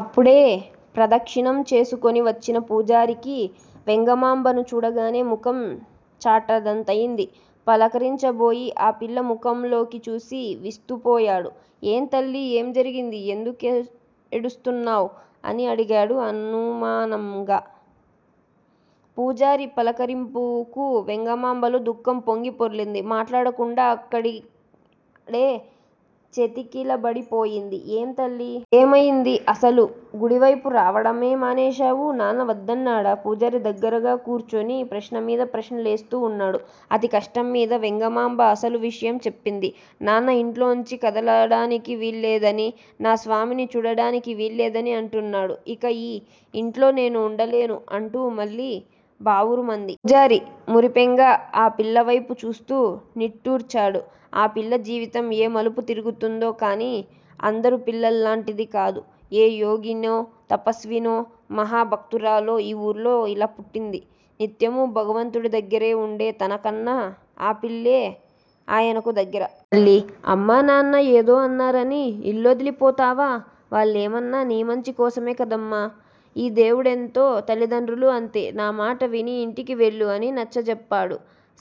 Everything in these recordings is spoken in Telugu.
అప్పుడే ప్రదక్షిణం చేసుకుని వచ్చిన పూజారికి వెంగమాంబను చూడగానే ముఖం చాటంతయింది. పలకరించబోయి ఆపిల్ల ముఖంలోకి చూసి విస్తుపోయాడు. ఏం తల్లీ? ఏం జరిగింది? ఎందుకేడుస్తున్నావు? అని అడిగాడు అనునయంగా. పూజారి పలకరింపుకు వెంగమాంబలో దుఃఖం పొంగి పొర్లింది. మాట్లాడకుండా అక్కడే చతికిలబడిపోయింది. ఏం తల్లీ! ఏమయింది? అసలు గుడివైపు రావడమే మానేశావు. నాన్న వద్దన్నాడా? పూజారి దగ్గరగా కూర్చుని ప్రశ్నమీద ప్రశ్నలేస్తూనే ఉన్నాడు. అతికష్టంమీద వెంగమాంబ అసలు విషయం చెప్పింది. నాన్న ఇంట్లోంచి కదలడానికి వీల్లేదని, నా స్వామిని చూడడానికి వీల్లేదని అంటున్నాడు. ఇక ఇ యింట్లో నేను ఉండలేను అంటూ మళ్ళీ బావురుమంది. పూజారి మురిపెంగా ఆ పిల్లవైపు చూస్తూ నిట్టూర్చాడు. ఈ పిల్ల జీవితం ఏ మలుపు తిరుగుతుందో కానీ, అందరు పిల్లల్లాంటిది కాదు. ఏ యోగినో, తపస్వినో, మహాభక్తురాలో ఈ ఊళ్లో ఇలా పుట్టింది. నిత్యమూ భగవంతుడి దగ్గరే ఉండే తనకన్నా ఆ పిల్లే ఆయనకు దగ్గర. తల్లీ! అమ్మా నాన్న ఏదో అన్నారని ఇల్లొదిలిపోతావా? వాళ్ళేమన్నా నీ మంచి కోసమే కదమ్మా. ఈ దేవుడెంతో తల్లిదండ్రులూ అంతే. నా మాట విని ఇంటికి వెళ్ళు అని నచ్చజెప్పాడు.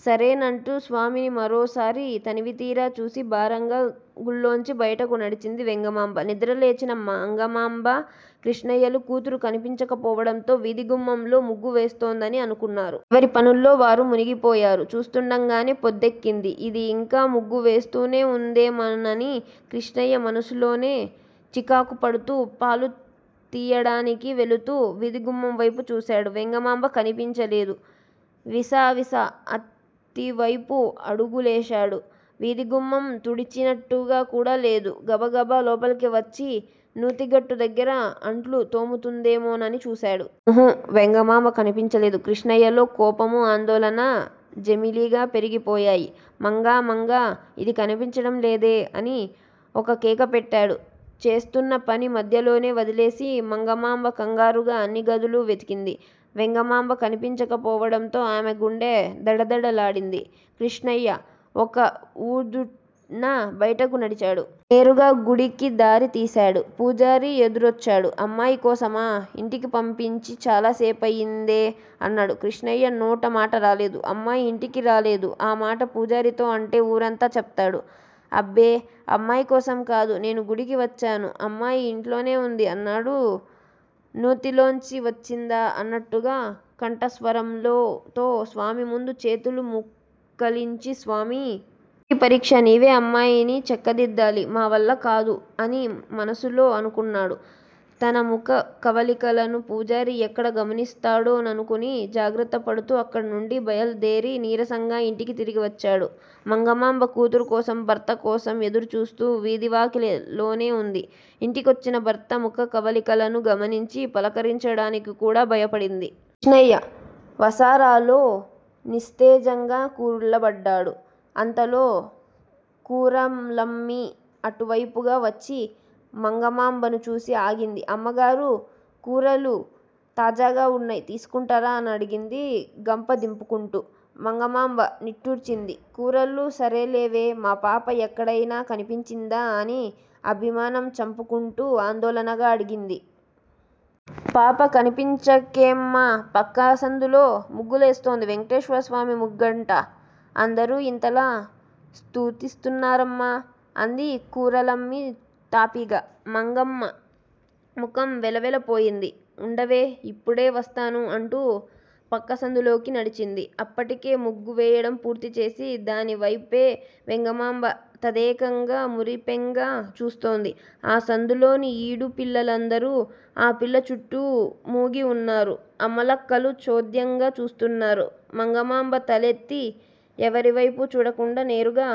సరేనంటూ స్వామిని మరోసారి తనివితీరా చూసి భారంగా గుళ్ళోంచి బయటికి నడిచింది వెంగమాంబ. నిద్రలేచిన మంగమాంబ, కృష్ణయ్యలు కూతురు కనిపించకపోవడంతో వీథిగుమ్మంలో ముగ్గు వేస్తోంది అనుకున్నారు. ఎవరి పనుల్లో వారు మునిగిపోయారు. చూస్తూండగానే పొద్దెక్కింది. ఇది ఇంకా ముగ్గు వేస్తూనే ఉందేమోననుకుని కృష్ణయ్య మనసులోనే చికాకుపడుతూ పాలు తీయడానికి వెళుతూ వీథిగుమ్మంవైపు చూశాడు. వెంగమాంబ కనిపించలేదు. విసవిసా అతివైపు అడుగులేశాడు. వీథిగుమ్మం తుడిచినట్టు కూడా లేదు. గబగబ లోపలికి వచ్చి, నూతిగట్టు దగ్గర అంట్లు తోముతుందేమోనని చూశాడు. ఉహూఁ వెంగమాంబ కనిపించలేదు. కృష్ణయ్యలో కోపమూ, ఆందోళన జమిలిగా పెరిగిపోయాయి. మంగా మంగా ఇది కనిపించడం లేదే అని ఒక్కకేకపెట్టాడు. చేస్తున్న పని మధ్యలోనే వదిలేసి మంగమాంబ కంగారుగా అన్ని గదులూ వెతికింది. వెంగమాంబ కనిపించకపోవడంతో ఆమె గుండె దడదడలాడింది. కృష్ణయ్య ఒక్క ఉదుటున బయటికి నడిచాడు. నేరుగా గుడికి దారి తీశాడు. పూజారి ఎదురొచ్చాడు. అమ్మాయి కోసమా? ఇంటికి పంపించి చాలా సేపయిందే అన్నాడు. కృష్ణయ్య నోటమాట రాలేదు. అమ్మాయి ఇంటికి రాలేదు ఆమాట పూజారితో అంటే ఊరంతా చెప్తాడు. అబ్బే అమ్మాయికోసం కాదు. నేను గుడికి వచ్చాను. అమ్మాయి ఇంట్లోనే ఉంది అన్నాడు నూతిలోంచి వచ్చిందా అన్నట్టున్న కంఠస్వరంతో స్వామిముందు చేతులు ముకుళించి స్వామీ! ఏమిటీ పరీక్ష! నీవే అమ్మాయిని చక్కదిద్డాలి. మావల్ల కాదు అని మనసులో అనుకున్నాడు. తన ముఖ కవళికలను పూజారి ఎక్కడ గమనిస్తాడో ననుకుని జాగ్రత్తపడుతూ అక్కడినుంచి బయలుదేరి నీరసంగా ఇంటికి తిరిగి వచ్చాడు. మంగమాంబ కూతురు కోసం, భర్త కోసం ఎదురుచూస్తూ వీథివాకిలిలోనే ఉంది. ఇంటికొచ్చిన భర్త ముఖకవళికలను గమనించి, పలకరించడానికి కూడా భయపడింది. కృష్ణయ్య వసారాలో నిస్తేజంగా కూలబడ్డాడు. అంతలో కూరలమ్మి అటువైపుగా వచ్చి, మంగమాంబను చూసి ఆగింది. అమ్మగారూ, కూరలు తాజాగా వున్నాయి. తీసుకుంటారా? అని అడిగింది గంప దింపుకుంటూ. మంగమాంబ నిట్టూర్చింది. 'కూరలు సరేలేవే. మాపాప ఎక్కడైనా కనిపించిందా? ' అని అభిమానం చంపుకుంటూ, ఆందోళనగా అడిగింది. పాప కనిపించకేమమ్మా! పక్క సందులో ముగ్గులేస్తోంది. వెంటేశ్వర స్వామి ముగ్గంట. అందరూ ఇంతగా సూత్తున్నారమ్మా! అంది కూరలమ్మి తాపీగా. మంగమ్మ ముఖం వెలవెలపోయింది. ఉండవే, ఇప్పుడే వస్తాను అంటూ పక్క సందులోకి నడిచింది. అప్పటికే ముగ్గువేయడం పూర్తీచేసి దానివైపే వెంగమాంబ తదేకంగా, మురిపెంగా చూస్తోంద్. ఆ సందులోని ఈడు పిల్లందరూ ఆ పిల్ల చుట్టూ మూగి ఉన్నారు. అమ్మలక్కలు చోద్యంగా చూస్తున్నారు. మంగమాంబ తలెత్తి ఎవరివైపూ చూడకుండా, నేరుగా